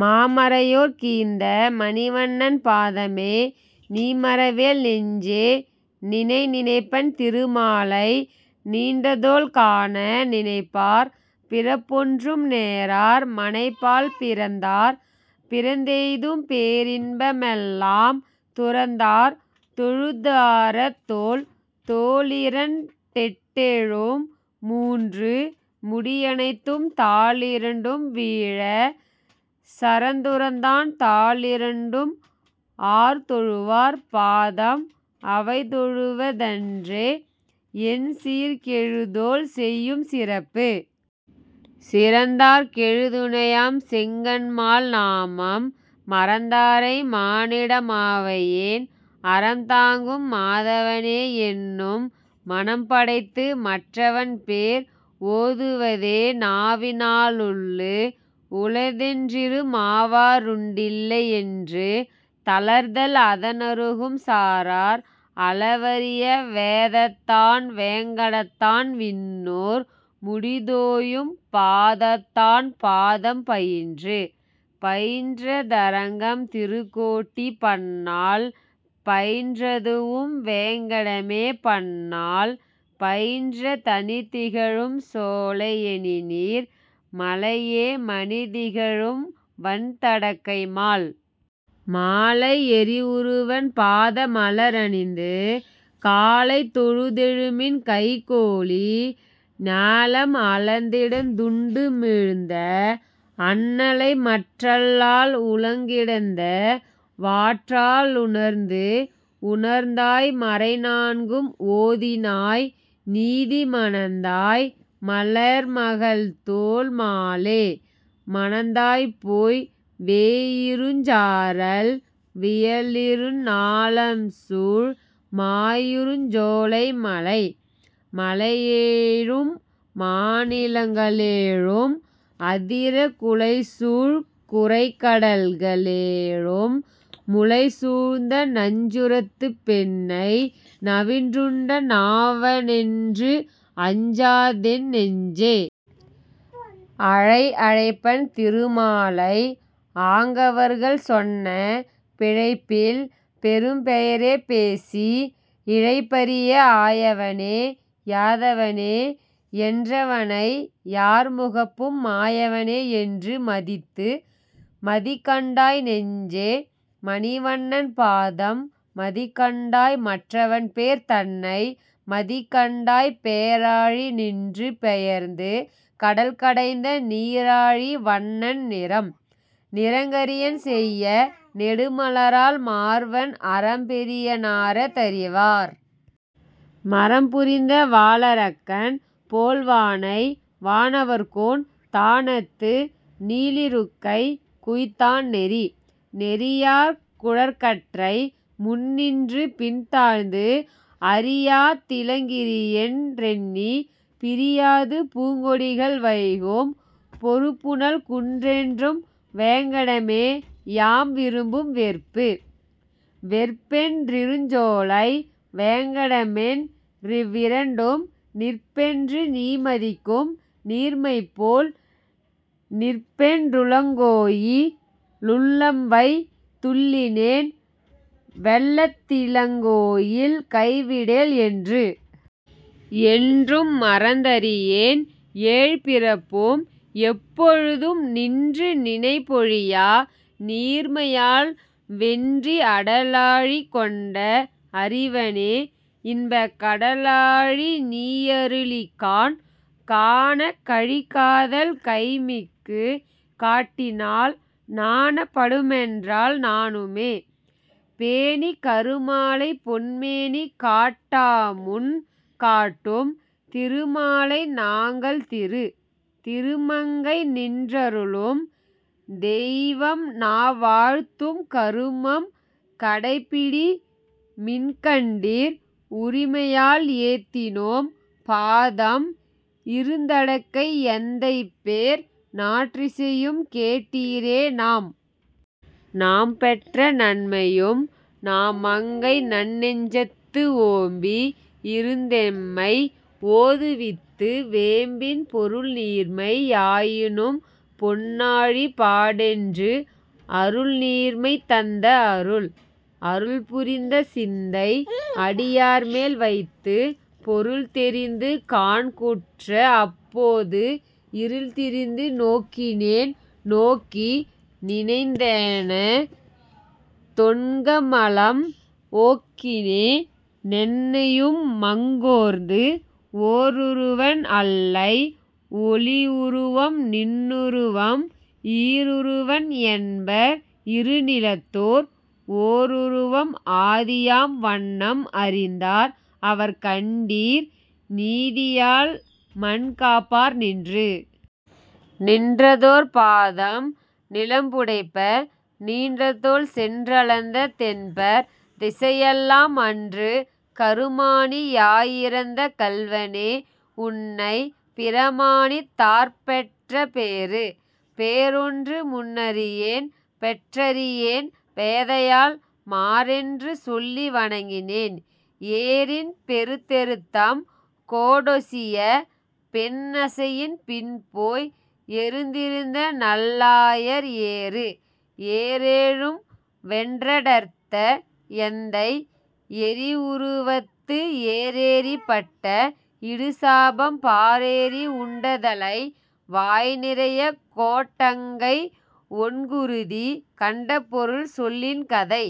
மாமறையோர்க் கீந்த மணிவண்ணன் பாதமே, நீமறவேல் நெஞ்சே. நினை. நினைப்பன் திருமாலை நீண்டதோள் காண, நினைப்பார் பிறப்பொன்றும் நேரார், மனைப்பால் பிறந்தார் பிறந்தெய்தும் பேரின்ப மெல்லாம், துறந்தார் தொழுதாரத் தோள். தோளிரண் டெட்டேழும் மூன்று முடியனைத்தும், தாளிரண்டும் வீழச் சரந்துரந்தான், தாளிரண்டும், ஆர்தொழுவார் பாதம் அவைதொழுவ தன்றே, என் சீர்கெழுதோள் செய்யும் சிறப்பு? சிறந்தார்க் கெழுதுணையாம் செங்கண்மால் நாமம், மறந்தாரை மானிடமா வையேன், அறம்தாங்கும் மாதவனே யென்னும் மனம்படைத்து, மற்றவன்பேர் ஓதுவதே நாவினா லுள்ளு. உளதென் றிறுமாவா ருண்டில்லை யென்று, தளர்தல் அதனருகும் சாரார், அளவரிய வேதத்தான் வேங்கடத்தான் விண்ணோர் முடிதோயும், பாதத்தான் பாதம் பயின்று. பயின்ற தரங்கம் திருக்கோட்டி, பன்னாள் பயின்றதுவும் வேங்கடமே பன்னாள், பயின்ற தணிதிகழும் சோலை யணிநீர் மலையே மணிதிகழும் வண்தடக்கை மால். மாலை யரியுருவன் பாத மலரணிந்து, காலை தொழுதெழுமின் கைகோலி, ஞாலம் அளந்திடந் துண்டுமிழ்ந்த அண்ணலைமற் றல்லால் உளங்கிடந்த வாற்றா லுணர்ந்து. உணர்ந்தாய் மறைநான்கும் ஓதினாய் நீதி மணந்தாய் மலர்மகள்தோள் மாலே. மணந்தாய்போய் வேயிருஞ் சாரல் வியலிரு ஞாலம்சூழ், மாயிருஞ் சோலை மலை. மலையேழும் மாநிலங்க ளேழும் அதிர, குலைசூழ் குரைகடல்க ளேழும், முலைசூழ்ந்த நஞ்சுரத்துப் பெண்ணை நவின்றுண்ட நாவனென்று, அஞ்சாதென் னெஞ்சே. அழை. அழைப்பன் திருமாலை ஆங்கவர்கள் சொன்ன, பிழைப்பில் பெரும்பெயரே பேசி, இழைப்பரிய ஆயவனே. யாதவனே. என்றவனை யார்முகப்பும், மாயவனே என்று மதித்து. மதிக்கண்டாய் நெஞ்சே. மணிவண்ணன் பாதம், மதிக்கண்டாய் மற்றவன்பேர் தன்னை, மதிக்கண்டாய் பேராழி நின்று பெயர்ந்து கடல்கடைந்த நீராழி வண்ணன் நிறம். நிறங்கரியன் செய்ய நெடுமலராள் மார்வன், அறம்பெரிய னார தறிவார்? மறம்புரிந்த வாளரக்கன் போல்வானை வானவர்கோன் தானத்து, நீளிருக்கைக் குய்த்தான் நெறி. நெறியார் குழற்கற்றை முன்னின்று பின்தாழ்ந்து, அறியா திளங்கிரியென் றெண்ணி, பிறியாது பூங்கொடிகள் வைகும் பொருபுனல் குன்றென்றும், வேங்கடமே யாம் விரும்பும் வெற்பு. வெற்பென் றிருஞ்சோலை வேங்கடமென் றிவ்விரண்டும் நிற்பென்று நீமதிக்கும் நீர்மைபோல், நிற்பென் றுளங்கோயி லுள்ளம்வைத் துள்ளினேன், வெள்ளத் திளங்கோயில் கைவிடேல் என்று. என்றும் மறந்தறியேன் ஏழ்பிறப்பும் எப்பொழுதும், நின்று நினைப்பொழியா நீர்மையால், வென்றி அடலாழி கொண்ட அறிவனே, இன்பக் கடலாழி நீயருளிக் காண். காணக் கழிகாதல் கைமிக்குக் காட்டினால், நாணப் படுமென்றால் நாணுமே? பேணிக் கருமாலைப் பொன்மேனி காட்டாமுன் காட்டும், திருமாலை நாங்கள் திரு. திருமங்கை நின்றருளும் தெய்வம்நா வாழ்த்தும், கருமம் கடைப்பிடிமின் கண்டீர், உரிமையால் ஏத்தினோம் பாதம் இருந்தடக்கை எந்தைபேர், நாற்றிசையும் கேட்டீரே நாம்? நாம்பெற்ற நன்மையும் நாமங்கை நன்னெஞ்சத்து ஓம்பி யிருந்தெம்மை ஓதுவித்து, வேம்பின் பொருள்நீர்மை யாயினும் பொன்னாழி பாடென்று, அருள்நீர்மை தந்த அருள். அருள் புரிந்த சிந்தை அடியார்மேல் வைத்து, பொருள்தெரிந்து காண்குற்ற அப்போது, இருள்திரிந்து நோக்கினேன் நோக்கி நினைந்தேன தொண்கமலம், ஓக்கினே னென்னையுமங் கோர்ந்து. ஓருருவன் அல்லை ஒளியுருவம் நின்னுருவம், ஈருருவன் என்பர் இருநிலத்தோர், ஓருருவம் ஆதியாம் வண்ணம் அறிந்தார் அவர்கண்டீர், நீதியால் மண்காப்பார் நின்று. நின்றதோர் பாதம் நிலம்புடைப்ப, நீண்டதோள் சென்றளந்த தென்பர் திசையெல்லாம், அன்று கருமாணி யாயிரந்த கள்வனே, உன்னைப் பிரமாணித் தார்பெற்ற பேறு. பேறொன்று முன்னறியேன் பெற்றறியேன் பேதையால், மாறென்று சொல்லிவணங்கினேன், ஏறின் பெருத்தெருத்தம் கோடொசியப் பெண்நசையின் பின் போய், எருத்திருந்த நல்லாயர் ஏறு. ஏறேழும் வென்றடர்த்த எந்தை, எரியுருவத்து ஏறேறிப் பட்ட இடுசாபம் பாறேறி உண்டதலை வாய்நிறையக் கோட்டங்கை ஒண்குருதி, கண்டபொருள் சொல்லின் கதை.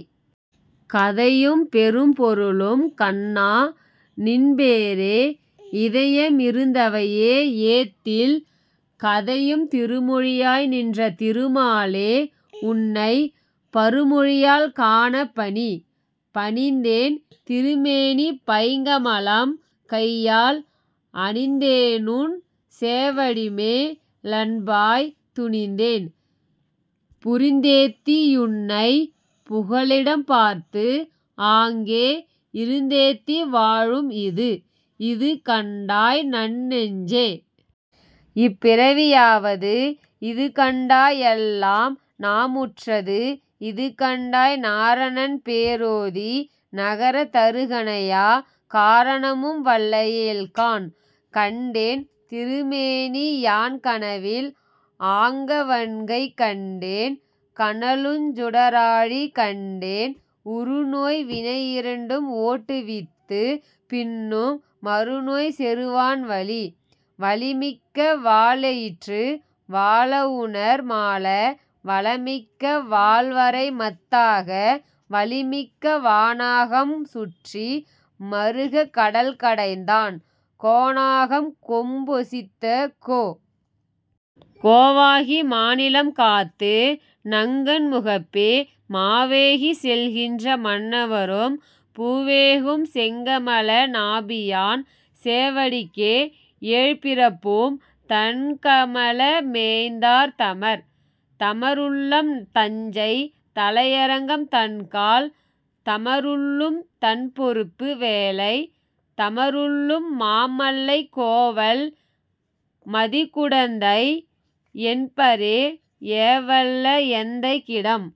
கதையும் பெரும்பொருளும் கண்ணா. நின் பேரே, இதய மிருந்தவையே ஏத்தில், கதையும் திருமொழியாய் நின்ற திருமாலே உன்னைப், பருமொழியால் காணப் பணி. பணிந்தேன் திருமேனி பைங்கமலம் கையால் அணிந்தேனுன் சேவடிமே லன்பாய், துணிந்தேன் புரிந்தேத்தி யுன்னைப் புகலிடம்பார்த்து, ஆங்கே இருந்தேத்தி வாழும் இது. இது கண்டாய் நன்னெஞ்சே. இப்பிறவி யாவது, இதுகண்டா யெல்லாம்நா முற்றது, இதுகண்டாய் நாரணன்பே ரோதி நகரத் தருகணையா, காரணமும் வல்லையேல் காண். கண்டேன் திருமேனி யான்கனவில், ஆங்கவன்கைக் கண்டேன் கனலுஞ் சுடராழி, கண்டேன் உறுநோய் வினையிரண்டும் ஓட்டுவித்து, பின்னும் மறுநோய் செறுவான் வலி. வலிமிக்க வாளெயிற்று வாளவுணர் மாள வலிமிக்க வாள்வரைமத் தாக, வலிமிக்க வாணாகம் சுற்றி மறுகக் கடல்கடைந்தான், கோணாகம் கொம்பொசித்த கோ. கோவாகி மாநிலம் காத்து, நங் கண்முகப்பே மாவேகிச் செல்கின்ற மன்னவரும் பூவேகும் செங்கமல நாபியான் சேவடிக்கே யேழ்பிறப்பும், தண்கமல மேய்ந்தார் தமர். தமருள்ளம் தஞ்சை தலையரங்கம் தண்கால், தமருள்ளும் தண்பொருப்பு வேலை, தமருள்ளும் மாமல்லை கோவல் மதிட்குடந்தை யென்பரே, ஏவல்ல எந்தைக் கிடம்.